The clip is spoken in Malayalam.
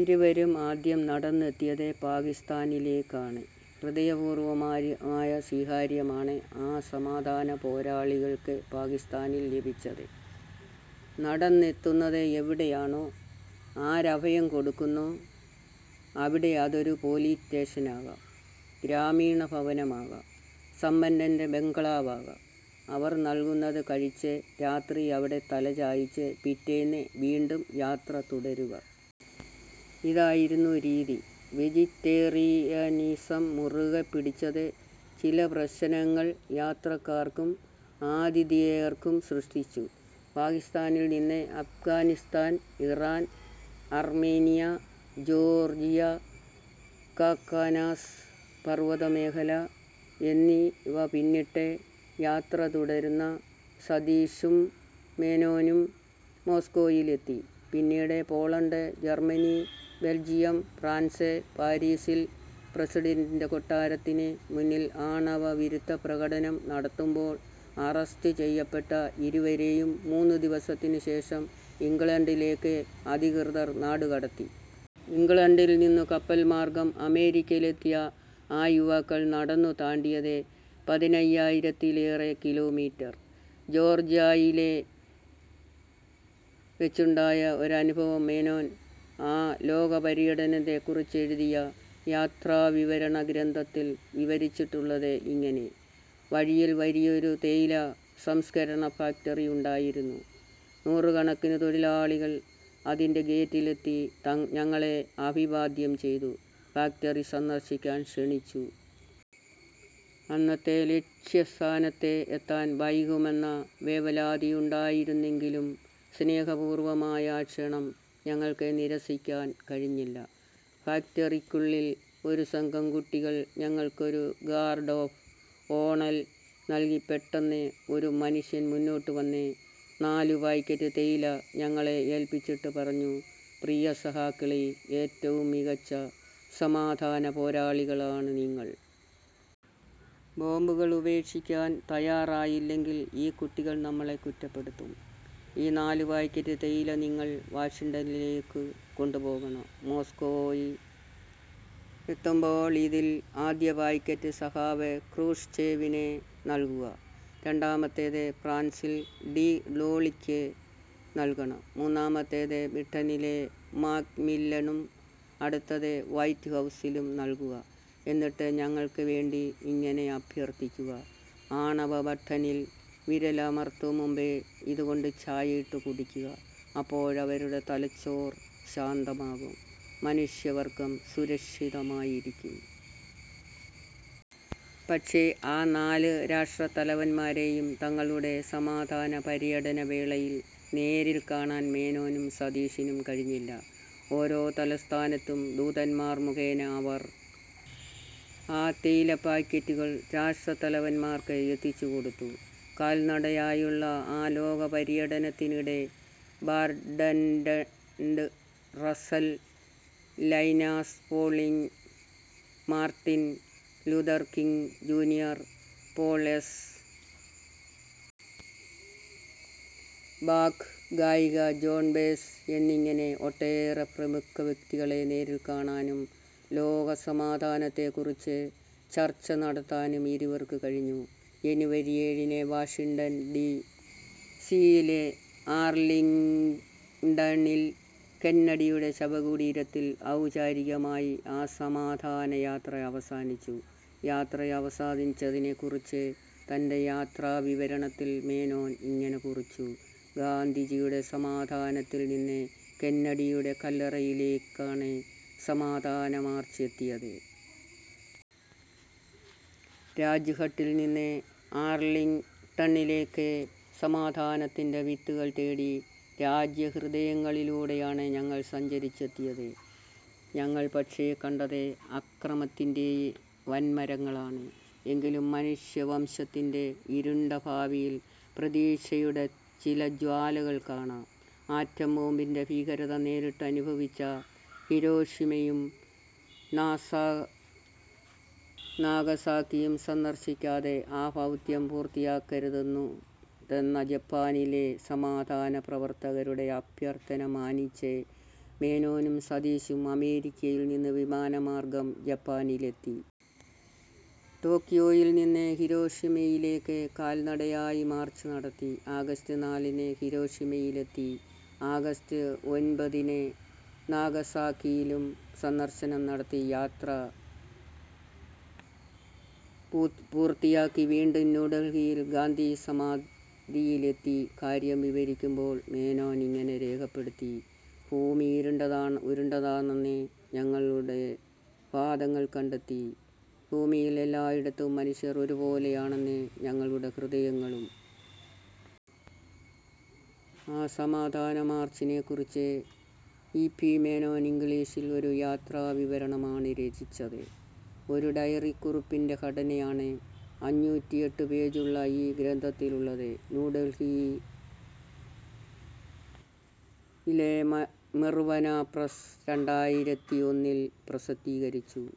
ഇരുവരും ആദ്യം നടന്നെത്തിയത് പാകിസ്താനിലേക്കാണ്. ഹൃദയപൂർവമായ സ്വീകരണമാണ് ആ സമാധാന പോരാളികൾക്ക് പാകിസ്താനിൽ ലഭിച്ചത്. നടന്നെത്തുന്നത് എവിടെയാണോ, ആര് അഭയം കൊടുക്കുന്നോ അവിടെ അതൊരു പോലീസ് സ്റ്റേഷനാകാം, ഗ്രാമീണഭവനമാകാം, സമ്പന്നന്റെ ബംഗ്ലാവാകാം അവർ നൽകുന്നത് കഴിച്ച് രാത്രി അവിടെ തലചായ്ച്ച് പിറ്റേന്ന് വീണ്ടും യാത്ര തുടരുക. ഇതായിരുന്നു രീതി. വെജിറ്റേറിയനിസം മുറുകെ പിടിച്ചത് ചില പ്രശ്നങ്ങൾ യാത്രികർക്കും ആതിഥേയർക്കും സൃഷ്ടിച്ചു. പാകിസ്താനിൽനിന്ന് Afghanistan, Iran, Armenia, Georgia, Caucasus പർവ്വതമേഖല എന്നിവ പിന്നിട്ട് യാത്ര തുടർന്ന സതീഷും മേനോനും മോസ്കോയിലെത്തി. പിന്നീട് പോളണ്ട്, ജർമനി, ബെൽജിയം, ഫ്രാൻസ്. പാരിസിൽ പ്രസിഡന്റിന്റെ കൊട്ടാരത്തിന് മുന്നിൽ ആണവവിരുദ്ധ പ്രകടനം നടത്തുമ്പോൾ അറസ്റ്റ് ചെയ്യപ്പെട്ട ഇരുവരെയും മൂന്നുദിവസത്തിന് ശേഷം ഇംഗ്ലണ്ടിലേക്ക് അധികൃതർ നാടുകടത്തി. ഇംഗ്ലണ്ടിൽ നിന്ന് കപ്പൽ മാർഗ്ഗം അമേരിക്കയിലെത്തിയ ആ യുവാക്കൾ നടന്നു താണ്ടിയത് പതിനയ്യായിരത്തിലേറേ കിലോമീറ്റർ. ജോർജിയയിൽ വെച്ചുണ്ടായ ഒരനുഭവം മേനോൻ ആ ലോകപര്യടനത്തെക്കുറിച്ചെഴുതിയ യാത്രാവിവരണ ഗ്രന്ഥത്തിൽ വിവരിച്ചിട്ടുള്ളത് ഇങ്ങനെ. വഴിയിൽ വലിയൊരു തേയില സംസ്ക്കരണ ഫാക്ടറിയുണ്ടായിരുന്നു. നൂറുകണക്കിന് തൊഴിലാളികൾ അതിന്റെ ഗേറ്റിലെത്തി ഞങ്ങളെ അഭിവാദ്യം ചെയ്തു. ഫാക്ടറി സന്ദർശിക്കാൻ ക്ഷണിച്ചു. അന്നത്തെ ലക്ഷ്യസ്ഥാനത്ത് എത്താൻ വൈകുമെന്ന വേവലാതിയുണ്ടായിരുന്നെങ്കിലും, സ്നേഹപൂർവമായ ആ ക്ഷണം ഞങ്ങൾക്ക് നിരസിക്കാൻ കഴിഞ്ഞില്ല. ഫാക്ടറിക്കുള്ളിൽ ഒരുസംഘം കുട്ടികൾ ഞങ്ങൾക്കൊരു ഗാർഡ് ഓഫ് ഓണൽ നൽകിപെട്ടെന്ന് ഒരു മനുഷ്യൻ മുന്നോട്ട് വന്ന് നാലുപാക്കറ്റ് തേയില ഞങ്ങളെ ഏൽപ്പിച്ചിട്ട് പറഞ്ഞു: പ്രിയ സഖാക്കളേ, ഏറ്റവും മികച്ച സമാധാന പോരാളികളാണ് നിങ്ങൾ. ബോംബുകളുപേക്ഷിക്കാൻ തയ്യാറായില്ലെങ്കിൽ ഈ കുട്ടികൾ നമ്മളെ കുറ്റപ്പെടുത്തും. ഈ നാലുപാക്കറ്റ് തേയില നിങ്ങൾ വാഷിങ്ടണിലേക്ക് കൊണ്ടുപോകണം. മോസ്കോയിലെത്തുമ്പോൾ ഇതിൽ ആദ്യ പാക്കറ്റ് സഖാവ് ക്രൂഷ്ച്ചേവിന് നൽകുക, രണ്ടാമത്തേത് ഫ്രാൻസിൽ ഡി ഗോളിക്ക് നൽകണം. മൂന്നാമത്തേത് ബ്രിട്ടനിലെ മാക്മില്ലണും, അടുത്തത് വൈറ്റ്ഹൗസിലും നൽകുക. എന്നിട്ട് ഞങ്ങൾക്ക് വേണ്ടി ഇങ്ങനെ അഭ്യർഥിക്കുക: 'ആണവബട്ടണിൽ വിരലമർത്തുംമുമ്പ് ഇതുകൊണ്ട് ചായയിട്ട് കുടിക്കുക' അപ്പോഴവരുടെ തലച്ചോർ ശാന്തമാകും, മനുഷ്യവർഗം സുരക്ഷിതമായിരിക്കും. ' പക്ഷേ, ആ നാല് രാഷ്ട്രതലവൻമാരെയും തങ്ങളുടെ സമാധാന പര്യടനവേളയിൽ നേരിൽ കാണാൻ മേനോനും സതീഷിനും കഴിഞ്ഞില്ല. ഓരോ തലസ്ഥാനത്തും ദൂതൻമാർ മുഖേന അവർ ആ തേയിലപാക്കറ്റുകൾ രാഷ്ട്രതലവൻമാർക്ക് എത്തിച്ചുകൊടുത്തു. കാൽനടയായുള്ള ആ ലോകപര്യടനത്തിനിടെ Bertrand Russell, Linus Pauling, Martin Luther King Junior, Pearl S. Buck, ഗായിക ജോൺ ബേസ് എന്നിങ്ങനെ ഒട്ടേറെ പ്രമുഖ വ്യക്തികളെ നേരിൽ കാണാനും ലോകസമാധാനത്തെക്കുറിച്ച് ചർച്ച നടത്താനും ഇരുവർക്കും കഴിഞ്ഞു. ജനുവരി ഏഴിന് വാഷിങ്ടൺ ഡി സിയിലെ ആർലിങ്ടണിൽ കെന്നഡിയുടെ ശവകുടീരത്തിൽ ഔപചാരികമായി ആ സമാധാന യാത്ര അവസാനിച്ചു. യാത്ര അവസാനിച്ചതിനെക്കുറിച്ച് തന്റെ യാത്രാവിവരണത്തിൽ മേനോൻ ഇങ്ങനെ കുറിച്ചു: 'ഗാന്ധിജിയുടെ സമാധിയിൽനിന്ന് കെന്നഡിയുടെ കല്ലറയിലേക്കാണ് സമാധാന മാർച്ച് എത്തിയത്. രാജ്ഘട്ടിൽനിന്ന് ആർലിങ്ടണിലേക്ക്! സമാധാനത്തിന്റെ വിത്തുകൾ തേടി രാജ്യഹൃദയങ്ങളിലൂടെയാണ് ഞങ്ങൾ സഞ്ചരിച്ചെത്തിയത്. ഞങ്ങൾ പക്ഷേ, കണ്ടത് അക്രമത്തിന്റെ വൻമരങ്ങളാണ്! എങ്കിലും, മനുഷ്യവംശത്തിന്റെ ഇരുണ്ട ഭാവിയിൽ പ്രതീക്ഷയുടെ ചില ജ്വാലകൾ കാണാം'. ആറ്റംബോംബിന്റെ ഭീകരത നേരിട്ടനുഭവിച്ച ഹിരോഷിമയും നാഗസാക്കിയും സന്ദർശിക്കാതെ ആ ദൗത്യം പൂർത്തിയാക്കരുതെന്ന ജപ്പാനിലെ സമാധാന പ്രവർത്തകരുടെ അഭ്യർഥന മാനിച്ച് മേനോനും സതീഷും അമേരിക്കയിൽനിന്ന് വിമാനമാർഗ്ഗം ജപ്പാനിലെത്തി. ടോക്യോയിൽനിന്ന് ഹിരോഷിമയിലേക്ക് കാൽനടയായി മാർച്ച് നടത്തി. ആഗസ്റ്റ് നാലിന് ഹിരോഷിമയിലെത്തി ആഗസ്റ്റ് ഒൻപതിന് നാഗസാക്കിയിലും സന്ദർശനം നടത്തി. യാത്ര പൂർത്തിയാക്കി വീണ്ടും ന്യൂഡൽഹിയിൽ ഗാന്ധി സമാധിയിലെത്തിയ കാര്യം വിവരിക്കുമ്പോൾ മേനോൻ ഇങ്ങനെ രേഖപ്പെടുത്തി: 'ഭൂമി ഉരുണ്ടതാണെന്ന് ഞങ്ങളുടെ പാദങ്ങൾ കണ്ടെത്തി, ഭൂമിയിൽ എല്ലായിടത്തും മനുഷ്യർ ഒരുപോലെയാണെന്ന് ഞങ്ങളുടെ ഹൃദയങ്ങളും'. ആ സമാധാന മാർച്ചിനെക്കുറിച്ച് ഇ. പി. മേനോൻ ഇംഗ്ലീഷിൽ ഒരു യാത്രാവിവരണമാണ് രചിച്ചത്. ഒരു ഡയറിക്കുറിപ്പിന്റെ ഘടനയാണ് അഞ്ഞൂറ്റിയെട്ടു പേജുള്ള ഈ ഗ്രന്ഥത്തിനുള്ളത്. ന്യൂഡൽഹിയിലെ മിനർവ പ്രസ്സ് രണ്ടായിരത്തിഒന്നിൽ പ്രസിദ്ധീകരിച്ചു